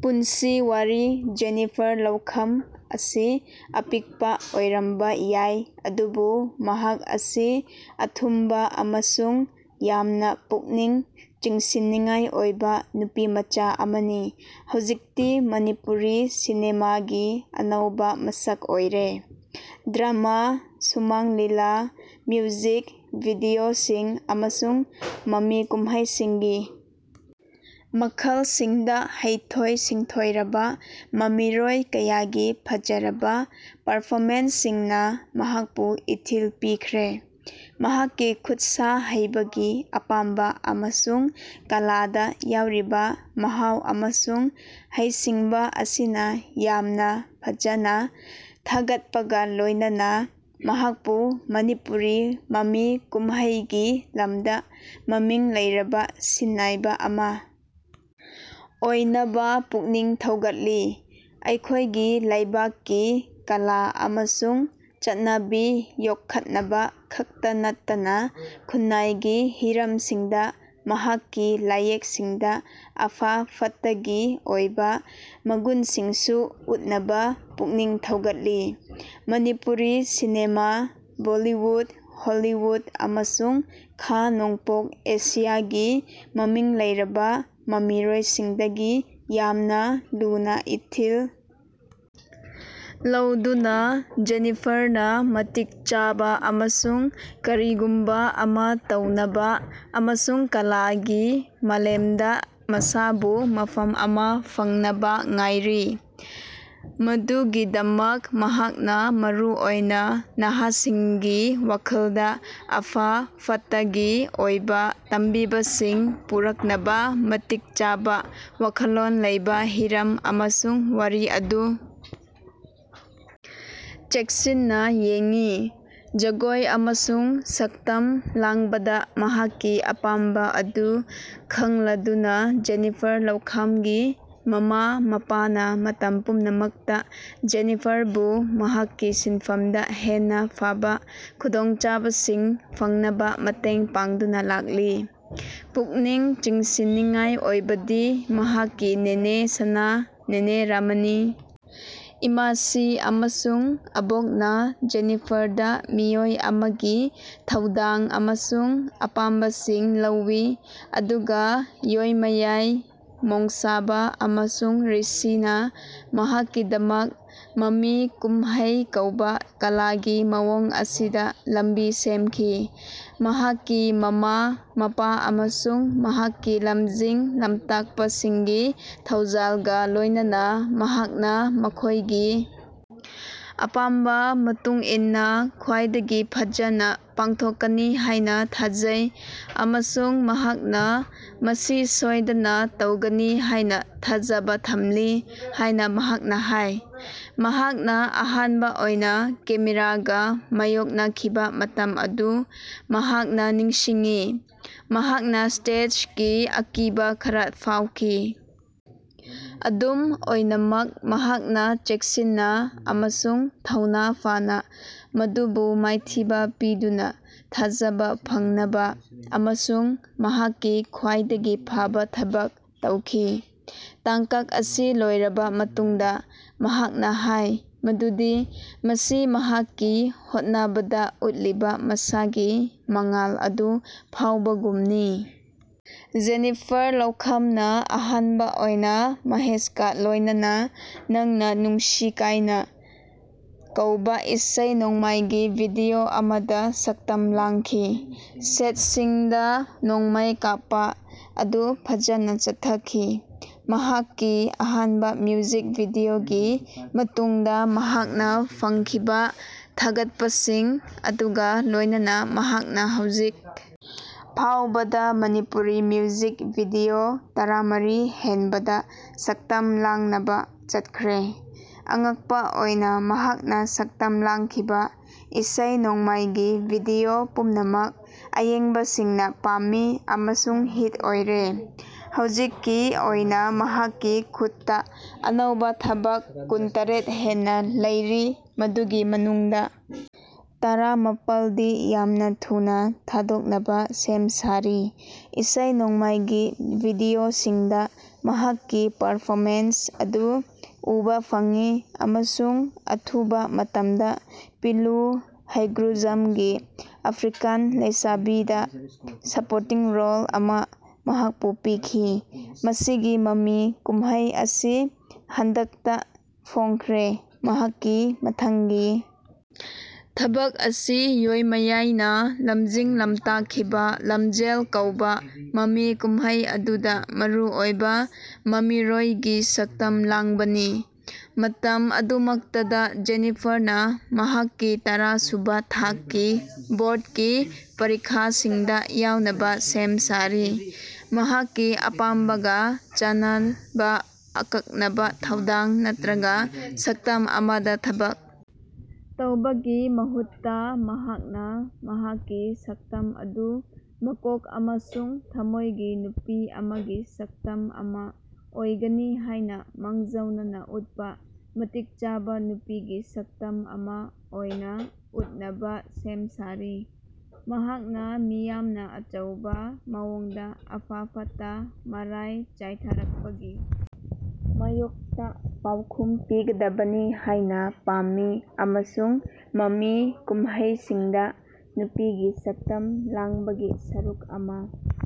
ꯄꯨꯟꯁꯤ ꯋꯥꯔꯤ ꯖꯦꯅꯤꯐꯔ ꯂꯧꯈꯥꯝ ꯑꯁꯤ ꯑꯄꯤꯛꯄ ꯑꯣꯏꯔꯝꯕ ꯌꯥꯏ ꯑꯗꯨꯕꯨ ꯃꯍꯥꯛ ꯑꯁꯤ ꯑꯊꯨꯝꯕ ꯑꯃꯁꯨꯡ ꯌꯥꯝꯅ ꯄꯨꯛꯅꯤꯡ ꯆꯤꯡꯁꯤꯟꯅꯤꯡꯉꯥꯏ ꯑꯣꯏꯕ ꯅꯨꯄꯤꯃꯆꯥ ꯑꯃꯅꯤ, ꯍꯧꯖꯤꯛꯇꯤ ꯃꯅꯤꯄꯨꯔꯤ ꯁꯤꯅꯦꯃꯥꯒꯤ ꯑꯅꯧꯕ ꯃꯁꯛ ꯑꯣꯏꯔꯦ꯫ ꯗ꯭ꯔꯃꯥ, ꯁꯨꯃꯥꯡ ꯂꯤꯂꯥ, ꯃ꯭ꯌꯨꯖꯤꯛ ꯚꯤꯗꯤꯑꯣꯁꯤꯡ ꯑꯃꯁꯨꯡ ꯃꯃꯤ ꯀꯨꯝꯍꯩꯁꯤꯡꯒꯤ ꯃꯈꯜꯁꯤꯡꯗ ꯍꯩꯊꯣꯏ-ꯁꯤꯡꯊꯣꯏꯔꯕ ꯃꯃꯤꯔꯣꯏ ꯀꯌꯥꯒꯤ ꯐꯖꯔꯕ ꯄꯔꯐꯣꯃꯦꯟꯁꯁꯤꯡꯅ ꯃꯍꯥꯛꯄꯨ ꯏꯊꯤꯜ ꯄꯤꯈ꯭ꯔꯦ꯫ ꯃꯍꯥꯛꯀꯤ ꯈꯨꯠꯁꯥ ꯍꯩꯕꯒꯤ ꯑꯄꯥꯝꯕ ꯑꯃꯁꯨꯡ ꯀꯂꯥꯗ ꯌꯥꯎꯔꯤꯕ ꯃꯍꯥꯎ ꯑꯃꯁꯨꯡ ꯍꯩꯁꯤꯡꯕ ꯑꯁꯤꯅ ꯌꯥꯝꯅ ꯐꯖꯅ ꯊꯥꯒꯠꯄꯒ ꯂꯣꯏꯅꯅ, ꯃꯍꯥꯛꯄꯨ ꯃꯅꯤꯄꯨꯔꯤ ꯃꯃꯤ ꯀꯨꯝꯍꯩꯒꯤ ꯂꯝꯗ ꯃꯃꯤꯡ ꯂꯩꯔꯕ ꯁꯤꯟꯅꯥꯏꯕ ꯑꯃ ꯑꯣꯏꯅꯕ ꯄꯨꯛꯅꯤꯡ ꯊꯧꯒꯠꯂꯤ꯫ꯑꯩꯈꯣꯏꯒꯤ ꯂꯩꯕꯥꯛꯀꯤ ꯀꯂꯥ ꯑꯃꯁꯨꯡ ꯆꯠꯅꯕꯤ ꯌꯣꯛꯈꯠꯅꯕ ꯈꯛꯇ ꯅꯠꯇꯅ ꯈꯨꯟꯅꯥꯏꯒꯤ ꯍꯤꯔꯝꯁꯤꯡꯗ ꯃꯍꯥꯛꯀꯤ ꯂꯥꯏꯌꯦꯛꯁꯤꯡꯗ ꯑꯐ-ꯐꯠꯇꯒꯤ ꯑꯣꯏꯕ ꯃꯒꯨꯟꯁꯤꯡꯁꯨ ꯎꯠꯅꯕ ꯄꯨꯛꯅꯤꯡ ꯊꯧꯒꯠꯂꯤ꯫ ꯃꯅꯤꯄꯨꯔꯤ ꯁꯤꯅꯦꯃꯥ, ꯕꯣꯂꯤꯋꯨꯠ, ꯍꯣꯂꯤꯋꯨꯠ ꯑꯃꯁꯨꯡ ꯈꯥ-ꯅꯣꯡꯄꯣꯛ ꯑꯦꯁꯤꯌꯥꯒꯤ ꯃꯃꯤꯡ ꯂꯩꯔꯕ ꯃꯃꯤꯔꯣꯏꯁꯤꯡꯗꯒꯤ ꯌꯥꯝꯅ ꯂꯨꯅ ꯏꯊꯤꯜ ꯂꯧꯗꯨꯅ, ꯖꯦꯅꯤꯐꯔꯅ ꯃꯇꯤꯛ ꯆꯥꯕ ꯑꯃꯁꯨꯡ ꯀꯔꯤꯒꯨꯝꯕ ꯑꯃ ꯇꯧꯅꯕ ꯑꯃꯁꯨꯡ ꯀꯂꯥꯒꯤ ꯃꯥꯂꯦꯝꯗ ꯃꯁꯥꯕꯨ ꯃꯐꯝ ꯑꯃ ꯐꯪꯅꯕ ꯉꯥꯏꯔꯤ꯫ ꯃꯗꯨꯒꯤꯗꯃꯛ, ꯃꯍꯥꯛꯅ ꯃꯔꯨꯑꯣꯏꯅ ꯅꯍꯥꯁꯤꯡꯒꯤ ꯋꯥꯈꯜꯗ ꯑꯐ-ꯐꯠꯇꯒꯤ ꯑꯣꯏꯕ ꯇꯝꯕꯤꯕꯁꯤꯡ ꯄꯨꯔꯛꯅꯕ ꯃꯇꯤꯛ ꯆꯥꯕ ꯋꯥꯈꯜꯂꯣꯟ ꯂꯩꯕ ꯍꯤꯔꯝ ꯑꯃꯁꯨꯡ ꯋꯥꯔꯤ ꯑꯗꯨ ꯆꯦꯛꯁꯤꯟꯅ ꯌꯦꯡꯉꯤ꯫ ꯖꯒꯣꯏ ꯑꯃꯁꯨꯡ ꯁꯛꯇꯝ ꯂꯥꯡꯕꯗ ꯃꯍꯥꯛꯀꯤ ꯑꯄꯥꯝꯕ ꯑꯗꯨ ꯈꯪꯂꯗꯨꯅ, ꯖꯦꯅꯤꯐꯔ ꯂꯧꯈꯥꯝꯒꯤ ꯃꯃꯥ-ꯃꯄꯥꯅ ꯃꯇꯝ ꯄꯨꯝꯅꯃꯛꯇ ꯖꯦꯅꯤꯐꯔꯕꯨ ꯃꯍꯥꯛꯀꯤ ꯁꯤꯟꯐꯝꯗ ꯍꯦꯟꯅ ꯐꯕ ꯈꯨꯗꯣꯡꯆꯥꯕꯁꯤꯡ ꯐꯪꯅꯕ ꯃꯇꯦꯡ ꯄꯥꯡꯗꯨꯅ ꯂꯥꯛꯂꯤ꯫ ꯄꯨꯛꯅꯤꯡ ꯆꯤꯡꯁꯤꯟꯅꯤꯡꯉꯥꯏ ꯑꯣꯏꯕꯗꯤ ꯃꯍꯥꯛꯀꯤ ꯅꯦꯅꯦ ꯁꯅꯥ, ꯅꯦꯅꯦ ꯔꯃꯅꯤ, ꯏꯃꯥꯁꯤ ꯑꯃꯁꯨꯡ ꯑꯕꯣꯛꯅ ꯖꯦꯅꯤꯐꯔꯗ ꯃꯤꯑꯣꯏ ꯑꯃꯒꯤ ꯊꯧꯗꯥꯡ ꯑꯃꯁꯨꯡ ꯑꯄꯥꯝꯕꯁꯤꯡ ꯂꯧꯋꯤ ꯑꯗꯨꯒ ꯌꯣꯏꯃꯥꯌꯥꯏ ꯃꯣꯡꯁꯥꯕꯥ ꯑꯃꯁꯨꯡ ꯔꯤꯁꯤꯅ ꯃꯍꯥꯛꯀꯤꯗꯃꯛ ꯃꯃꯤ ꯀꯨꯝꯍꯩ ꯀꯧꯕ ꯀꯂꯥꯒꯤ ꯃꯑꯣꯡ ꯑꯁꯤꯗ ꯂꯝꯕꯤ ꯁꯦꯝꯈꯤ꯫ ꯃꯍꯥꯛꯀꯤ ꯃꯃꯥ-ꯃꯄꯥ ꯑꯃꯁꯨꯡ ꯃꯍꯥꯛꯀꯤ ꯂꯝꯖꯤꯡ-ꯂꯝꯇꯥꯛꯄꯁꯤꯡꯒꯤ ꯊꯧꯖꯥꯜꯒ ꯂꯣꯏꯅꯅ, ꯃꯍꯥꯛꯅ ꯃꯈꯣꯏꯒꯤ ꯑꯄꯥꯝꯕ ꯃꯇꯨꯡ ꯏꯟꯅ ꯈ꯭ꯋꯥꯏꯗꯒꯤ ꯐꯖꯅ ꯄꯥꯡꯊꯣꯛꯀꯅꯤ ꯍꯥꯏꯅ ꯊꯥꯖꯩ ꯑꯃꯁꯨꯡ ꯃꯍꯥꯛꯅ ꯃꯁꯤ ꯁꯣꯏꯗꯅ ꯇꯧꯒꯅꯤ ꯍꯥꯏꯅ ꯊꯥꯖꯕ ꯊꯝꯂꯤ ꯍꯥꯏꯅ ꯃꯍꯥꯛꯅ ꯍꯥꯏ꯫ ꯃꯍꯥꯛꯅ ꯑꯍꯥꯟꯕ ꯑꯣꯏꯅ ꯀꯦꯃꯦꯔꯥꯒ ꯃꯥꯌꯣꯛꯅꯈꯤꯕ ꯃꯇꯝ ꯑꯗꯨ ꯃꯍꯥꯛꯅ ꯅꯤꯡꯁꯤꯡꯉꯤ꯫ ꯃꯍꯥꯛꯅ 'ꯁ꯭ꯇꯦꯖꯀꯤ ꯑꯀꯤꯕ' ꯈꯔ ꯐꯥꯎꯈꯤ, ꯑꯗꯨꯝ ꯑꯣꯏꯅꯃꯛ ꯃꯍꯥꯛꯅ ꯆꯦꯛꯁꯤꯟꯅ ꯑꯃꯁꯨꯡ ꯊꯧꯅꯥ ꯐꯅ ꯃꯗꯨꯕꯨ ꯃꯥꯏꯊꯤꯕ ꯄꯤꯗꯨꯅ ꯊꯥꯖꯕ ꯐꯪꯅꯕ ꯑꯃꯁꯨꯡ ꯃꯍꯥꯛꯀꯤ ꯈ꯭ꯋꯥꯏꯗꯒꯤ ꯐꯕ ꯊꯕꯛ ꯇꯧꯈꯤ꯫ ꯇꯥꯡꯀꯛ ꯑꯁꯤ ꯂꯣꯏꯔꯕ ꯃꯇꯨꯡꯗ, ꯃꯍꯥꯛꯅ ꯍꯥꯏ ꯃꯗꯨꯗꯤ ꯃꯁꯤ "ꯃꯍꯥꯛꯀꯤ ꯍꯣꯠꯅꯕꯗ ꯎꯠꯂꯤꯕ ꯑꯁꯥꯒꯤ ꯃꯉꯥꯜ ꯑꯗꯨ ꯐꯥꯎꯕꯒꯨꯝꯅꯤ"꯫ ꯖꯦꯅꯤꯐꯔ ꯂꯧꯈꯥꯝꯅ ꯑꯍꯥꯟꯕ ꯑꯣꯏꯅ ꯃꯍꯦꯁꯀ ꯂꯣꯏꯅꯅꯥ 'ꯅꯪꯅꯥ ꯅꯨꯡꯁꯤ ꯀꯥꯏꯅꯥ' ꯀꯧꯕ ꯏꯁꯩ-ꯅꯣꯡꯃꯥꯏꯒꯤ ꯚꯤꯗꯤꯑꯣ ꯑꯃꯗ ꯁꯛꯇꯝ ꯂꯥꯡꯈꯤ꯫ ꯁꯦꯠꯁꯤꯡꯗ ꯅꯣꯡꯃꯩ ꯀꯥꯞꯄ ꯑꯗꯨ ꯐꯖꯅ ꯆꯠꯊꯈꯤ꯫ ꯃꯍꯥꯛꯀꯤ ꯑꯍꯥꯟꯕ ꯃ꯭ꯌꯨꯖꯤꯛ ꯚꯤꯗꯤꯑꯣꯒꯤ ꯃꯇꯨꯡꯗ ꯃꯍꯥꯛꯅ ꯐꯪꯈꯤꯕ ꯊꯥꯒꯠꯄꯁꯤꯡ ꯑꯗꯨꯒ ꯂꯣꯏꯅꯅ, ꯃꯍꯥꯛꯅ ꯍꯧꯖꯤꯛ ꯐꯥꯎꯕꯗ ꯃꯅꯤꯄꯨꯔꯤ ꯃ꯭ꯌꯨꯖꯤꯛ ꯚꯤꯗꯤꯑꯣ ꯇꯔꯥꯃꯔꯤ ꯍꯦꯟꯕꯗ ꯁꯛꯇꯝ ꯂꯥꯡꯅꯕ ꯆꯠꯈ꯭ꯔꯦ꯫ ꯑꯉꯛꯄ ꯑꯣꯏꯅ, ꯃꯍꯥꯛꯅ ꯁꯛꯇꯝ ꯂꯥꯡꯈꯤꯕ ꯏꯁꯩ-ꯅꯣꯡꯃꯥꯏꯒꯤ ꯚꯤꯗꯤꯑꯣ ꯄꯨꯝꯅꯃꯛ ꯑꯌꯦꯡꯕꯁꯤꯡꯅ ꯄꯥꯝꯃꯤ ꯑꯃꯁꯨꯡ ꯍꯤꯠ ꯑꯣꯏꯔꯦ꯫ ꯍꯧꯖꯤꯛꯀꯤ ꯑꯣꯏꯅ ꯃꯍꯥꯛꯀꯤ ꯈꯨꯠꯇ ꯑꯅꯧꯕ ꯊꯕꯛ ꯀꯨꯟꯇꯔꯦꯠ ꯍꯦꯟꯅ ꯂꯩꯔꯤ ꯃꯗꯨꯒꯤ ꯃꯅꯨꯡꯗ ꯇꯔꯥꯃꯥꯄꯜꯗꯤ ꯌꯥꯝꯅ ꯊꯨꯅ ꯊꯥꯗꯣꯛꯅꯕ ꯁꯦꯝ ꯁꯥꯔꯤ꯫ ꯏꯁꯩ-ꯅꯣꯡꯃꯥꯏꯒꯤ ꯚꯤꯗꯤꯑꯣꯁꯤꯡꯗ ꯃꯍꯥꯛꯀꯤ ꯄꯔꯐꯣꯃꯦꯟꯁ ꯑꯗꯨ ꯎꯕ ꯐꯪꯉꯤ ꯑꯃꯁꯨꯡ ꯑꯊꯨꯕ ꯃꯇꯝꯗ ꯄꯤꯂꯨ ꯍꯩꯒ꯭ꯔꯨꯖꯝꯒꯤ "ꯑꯐ꯭ꯔꯤꯀꯥꯟ ꯂꯩꯁꯥꯕꯤ"ꯗ ꯁꯄꯣꯔꯇꯤꯡ ꯔꯣꯜ ꯑꯃ ꯃꯍꯥꯛꯄꯨ ꯄꯤꯈꯤ꯫ ꯃꯁꯤꯒꯤ ꯃꯃꯤ ꯀꯨꯝꯍꯩ ꯑꯁꯤ ꯍꯟꯗꯛꯇ ꯐꯣꯡꯈ꯭ꯔꯦ꯫ ꯃꯍꯥꯛꯀꯤ ꯃꯊꯪꯒꯤ ꯊꯕꯛ ꯑꯁꯤ ꯌꯣꯏꯃꯥꯌꯥꯏꯅ ꯂꯝꯖꯤꯡ-ꯂꯝꯇꯥꯛꯈꯤꯕ 'ꯂꯝꯖꯦꯜ' ꯀꯧꯕ ꯃꯃꯤ ꯀꯨꯝꯍꯩ ꯑꯗꯨꯗ ꯃꯔꯨꯑꯣꯏꯕ ꯃꯃꯤꯔꯣꯏꯒꯤ ꯁꯛꯇꯝ ꯂꯥꯡꯕꯅꯤ꯫ ꯃꯇꯝ ꯑꯗꯨꯃꯛꯇꯗ, ꯖꯦꯅꯤꯐꯔꯅ ꯃꯍꯥꯛꯀꯤ ꯇꯔꯥꯁꯨꯕ ꯊꯥꯛꯀꯤ ꯕꯣ꯭ꯔꯠꯀꯤ ꯄꯔꯤꯈꯥꯁꯤꯡꯗ ꯌꯥꯎꯅꯕ ꯁꯦꯝ ꯁꯥꯔꯤ꯫ ꯃꯍꯥꯛꯀꯤ ꯑꯄꯥꯝꯕꯒ ꯆꯥꯅꯕ ꯑꯀꯛꯅꯕ ꯊꯧꯗꯥꯡ ꯅꯠꯇ꯭ꯔꯒ ꯁꯛꯇꯝ ꯑꯃꯗ ꯊꯕꯛ ꯇꯧꯕꯒꯤ ꯃꯍꯨꯠꯇ, ꯃꯍꯥꯛꯅ ꯃꯍꯥꯛꯀꯤ ꯁꯛꯇꯝ ꯑꯗꯨ ꯃꯀꯣꯛ ꯑꯃꯁꯨꯡ ꯊꯃꯣꯏꯒꯤ ꯅꯨꯄꯤ ꯑꯃꯒꯤ ꯁꯛꯇꯝ ꯑꯃ ꯑꯣꯏꯒꯅꯤ ꯍꯥꯏꯅ ꯃꯥꯡꯖꯧꯅꯅ ꯎꯠꯄ ꯃꯇꯤꯛ ꯆꯥꯕ ꯅꯨꯄꯤꯒꯤ ꯁꯛꯇꯝ ꯑꯃ ꯑꯣꯏꯅ ꯎꯠꯅꯕ ꯁꯦꯝ ꯁꯥꯔꯤ꯫ ꯃꯍꯥꯛꯅ ꯃꯤꯌꯥꯝꯅ ꯑꯆꯧꯕ ꯃꯑꯣꯡꯗ ꯑꯐ-ꯐꯠꯇ ꯃꯔꯥꯏ ꯆꯥꯏꯊꯔꯛꯄꯒꯤ ꯃꯥꯌꯣꯛꯇ ꯄꯥꯎꯈꯨꯝ ꯄꯤꯒꯗꯕꯅꯤ ꯍꯥꯏꯅ ꯄꯥꯝꯃꯤ ꯑꯃꯁꯨꯡ ꯃꯃꯤ ꯀꯨꯝꯍꯩꯁꯤꯡꯗ ꯅꯨꯄꯤꯒꯤ ꯁꯛꯇꯝ ꯂꯥꯡꯕꯒꯤ ꯁꯔꯨꯛ ꯑꯃ